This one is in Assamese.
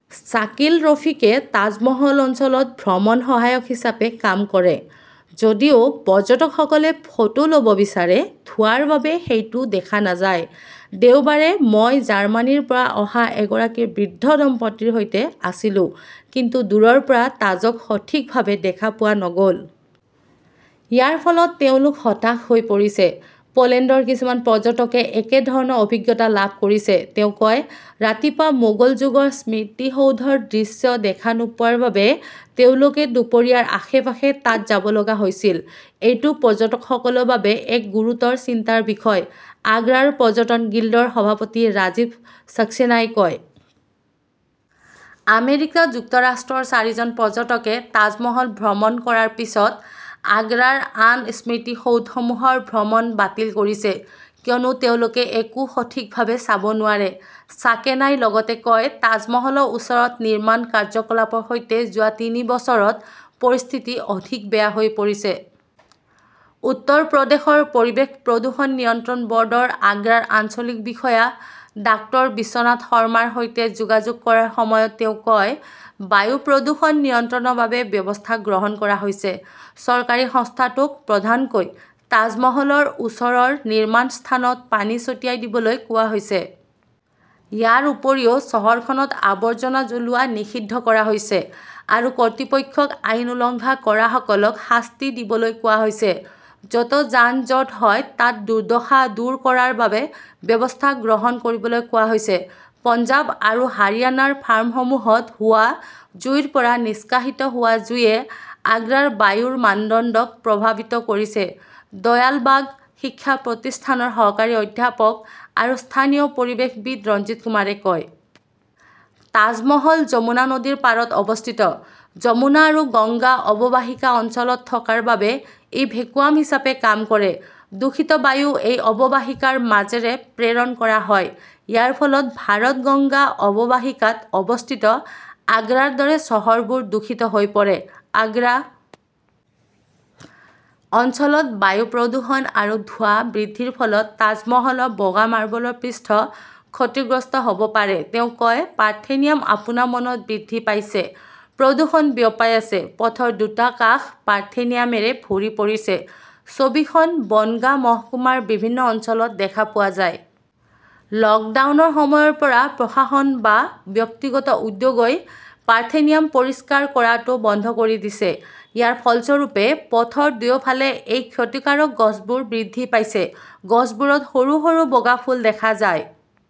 শ্বাকিল ৰফীকে তাজমহল অঞ্চলত ভ্ৰমণ সহায়ক হিচাপে কাম কৰে। যদিও পৰ্যটকসকলে ফটো লব বিচাৰে, ধোঁৱাৰ বাবে সেইটো দেখা নাযায়। দেওবাৰে, মই জাৰ্মানীৰ পৰা অহা এগৰাকী বৃদ্ধ দম্পতীৰ সৈতে আছিলো। কিন্তু দূৰৰ পৰা তাজক সঠিকভাৱে দেখা পোৱা নগল। ইয়াৰ ফলত তেওঁলোক হতাশ হৈ পৰিছে। পোলেণ্ডৰ কিছুমান পৰ্যটকে একেধৰণৰ অভিজ্ঞতা লাভ কৰিছে। তেওঁ কয়, ৰাতিপুৱা মোগল যুগৰ স্মৃতিসৌধৰ দৃশ্য দেখা নোপোৱাৰ বাবে তেওঁলোকে দুপৰীয়াৰ আশে-পাশে তাত যাব লগা হৈছিল। এইটো পৰ্যটকসকলৰ বাবে এক গুৰুতৰ চিন্তাৰ বিষয়, আগ্ৰাৰ পৰ্যটন গিল্ডৰ সভাপতি ৰাজীৱ সক্সেনায়ে কয়। আমেৰিকা যুক্তৰাষ্ট্ৰৰ চাৰিজন পৰ্যটকে তাজমহল ভ্ৰমণ কৰাৰ পিছত আগ্ৰাৰ আন স্মৃতিসৌধসমূহৰ ভ্ৰমণ বাতিল কৰিছে। কিয়নো তেওঁলোকে একো সঠিকভাৱে চাব নোৱাৰে। ছাকেনাই লগতে কয়, তাজমহলৰ ওচৰত নিৰ্মাণ কাৰ্যকলাপৰ সৈতে যোৱা তিনি বছৰত পৰিস্থিতি অধিক বেয়া হৈ পৰিছে। উত্তৰ প্ৰদেশৰ পৰিৱেশ প্ৰদূষণ নিয়ন্ত্ৰণ বৰ্ডৰ আগ্ৰাৰ আঞ্চলিক বিষয়া ডাঃ বিশ্বনাথ শৰ্মাৰ সৈতে যোগাযোগ কৰাৰ সময়ত তেওঁ কয়, বায়ু প্ৰদূষণ নিয়ন্ত্ৰণৰ বাবে ব্যৱস্থা গ্ৰহণ কৰা হৈছে। চৰকাৰী সংস্থাটোক প্ৰধানকৈ তাজমহলৰ ওচৰৰ নিৰ্মাণ স্থানত পানী ছটিয়াই দিবলৈ কোৱা হৈছে। ইয়াৰ উপৰিও, চহৰখনত আৱৰ্জনা জ্বলোৱা নিষিদ্ধ কৰা হৈছে আৰু কৰ্তৃপক্ষক আইন উলংঘা কৰাসকলক শাস্তি দিবলৈ কোৱা হৈছে। যত যান-জঁট হয় তাত দুৰ্দশা দূৰ কৰাৰ বাবে ব্যৱস্থা গ্ৰহণ কৰিবলৈ কোৱা হৈছে। পঞ্জাৱ আৰু হাৰিয়ানাৰ ফাৰ্মসমূহত হোৱা জুইৰ পৰা নিষ্কাশিত হোৱা জুইয়ে আগ্ৰাৰ বায়ুৰ মানদণ্ডক প্ৰভাৱিত কৰিছে, দয়ালবাগ শিক্ষা প্ৰতিষ্ঠানৰ সহকাৰী অধ্যাপক আৰু স্থানীয় পৰিৱেশবিদ ৰঞ্জিত কুমাৰে কয়। তাজমহল যমুনা নদীৰ পাৰত অৱস্থিত। যমুনা আৰু গংগা অৱবাহিকা অঞ্চলত থকাৰ বাবে ই ভেকুৱাম হিচাপে কাম কৰে। দূষিত বায়ু এই অৱবাহিকাৰ মাজেৰে প্ৰেৰণ কৰা হয়। ইয়াৰ ফলত ভাৰত-গংগা অৱবাহিকাত অৱস্থিত আগ্ৰাৰ দৰে চহৰবোৰ দূষিত হৈ পৰে। আগ্ৰা অঞ্চলত বায়ু প্ৰদূষণ আৰু ধোঁৱা বৃদ্ধিৰ ফলত তাজমহলৰ বগা মাৰ্বলৰ পৃষ্ঠ ক্ষতিগ্ৰস্ত হব পাৰে, তেওঁ কয়, পাৰ্থেনিয়াম আপোনাৰ মনত বৃদ্ধি পাইছে, প্ৰদূষণ বিয়পাই আছে পথৰ দুটা কাষ পাৰ্থেনিয়ামেৰে ভৰি পৰিছে। ছবিখন বনগাঁ মহকুমাৰ বিভিন্ন অঞ্চলত দেখা পোৱা যায়। লকডাউনৰ সময়ৰ পৰা প্ৰশাসন বা ব্যক্তিগত উদ্যোগই পাৰ্থেনিয়াম পৰিষ্কাৰ কৰাটো বন্ধ কৰি দিছে। ইয়াৰ ফলস্বৰূপে, পথৰ দুয়োফালে এই ক্ষতিকাৰক গছবোৰ বৃদ্ধি পাইছে। গছবোৰত সৰু-সৰু বগা ফুল দেখা যায়।